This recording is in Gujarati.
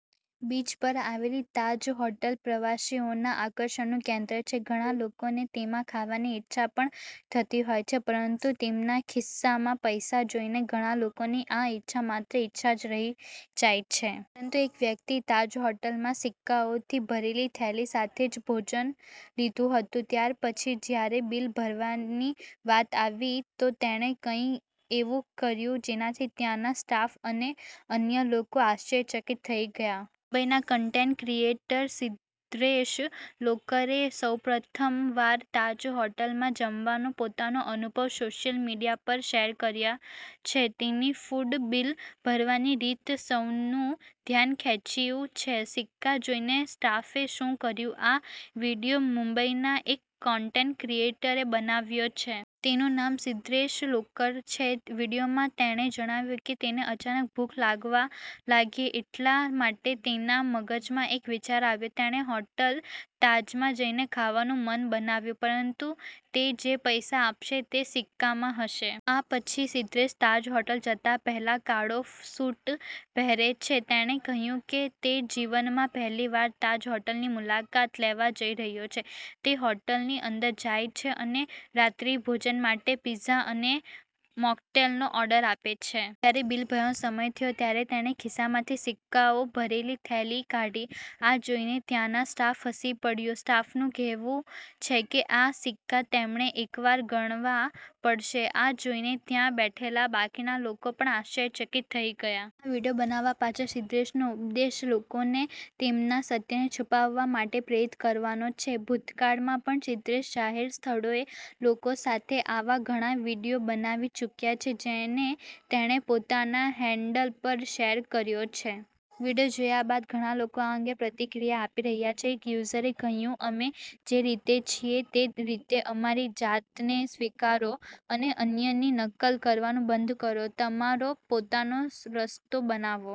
બીચ પર આવેલી તાજ હોટેલ પ્રવાસીઓના આકર્ષણનું કેન્દ્ર છે. ઘણા લોકોને તેમાં ખાવાની ઈચ્છા પણ થતી હોય છે. પરંતુ તેમના ખિસ્સામાં પૈસા જોઈને ઘણા લોકોની આ ઈચ્છા માત્ર ઈચ્છા જ રહી જાય છે. પરંતુ એક વ્યક્તિએ તાજ હોટલમાં સિક્કાઓથી ભરેલી થેલી સાથે જ ભોજન લીધું હતું. ત્યારપછી જ્યારે બિલ ભરવાની વાત આવી તો તેણે કંઈક એવું કર્યું જેનાથી ત્યાંના સ્ટાફ અને અન્ય લોકો આશ્ચર્યચકિત થઈ ગયા. મુંબઈના કન્ટેન્ટ ક્રિએટર સિદ્ધેશ લોકરેએ સૌપ્રથમવાર તાજ હોટેલમાં જમવાનો પોતાનો અનુભવ સોશિયલ મીડિયા પર શેર કર્યો છે. તેની ફૂડ બિલ ભરવાની રીતે સૌનું ધ્યાન ખેંચ્યું છે. સિક્કા જોઈને સ્ટાફે શું કર્યું આ વીડિયો મુંબઈના એક કન્ટેન્ટ ક્રિએટરે બનાવ્યો છે. તેનું નામ સિદ્ધેશ લોકરે છે. વીડિયોમાં તેણે જણાવ્યું કે તેને અચાનક ભૂખ લાગવા લાગી, એટલા માટે તેના મગજમાં એક વિચાર આવ્યો. તેણે હોટેલ તાજમાં જઈને ખાવાનું મન બનાવ્યું. પરંતુ તે જે પૈસા આપશે તે સિક્કામાં હશે. આ પછી, સિદ્ધેશ તાજ હોટલ જતા પહેલા કાળો સૂટ પહેરે છે. તેણે કહ્યું કે તે જીવનમાં પહેલીવાર તાજ હોટલની મુલાકાત લેવા જઈ રહ્યો છે. તે હોટલની અંદર જાય છે અને રાત્રિભોજન માટે પિઝા અને મોકટેલનો ઓર્ડર આપે છે. જ્યારે બિલ ભરવાનો સમય થયો ત્યારે તેણે ખિસ્સામાંથી સિક્કાઓ ભરેલી થેલી કાઢી. આ જોઈને ત્યાંનો સ્ટાફ હસી પડ્યો. સ્ટાફનું કહેવું છે કે આ સિક્કા તેમણે એકવાર ગણવા પડશે. આ જોઈને ત્યાં બેઠેલા બાકીના લોકો પણ આશ્ચર્યચકિત થઈ ગયા. ️ આ વીડિયો બનાવવા પાછળ સિદ્ધેશનો ઉદ્દેશ્ય લોકોને તેમના સત્યને છુપાવવા માટે પ્રેરિત કરવાનો છે. ભૂતકાળમાં પણ સિદ્ધેશ જાહેર સ્થળોએ લોકો સાથે આવા ઘણા વીડિયો બનાવી ચૂક્યો છે, જેને તેણે પોતાના હેન્ડલ પર શેર કર્યો છે. વીડિયો જોયા બાદ ઘણા લોકો આ અંગે પ્રતિક્રિયા આપી રહ્યા છે. એક યુઝરે કહ્યું, 'અમે જે રીતે છીએ તે રીતે અમારી જાતને સ્વીકારો અને અન્યની નકલ કરવાનું બંધ કરો. તમારો પોતાનો રસ્તો બનાવો.'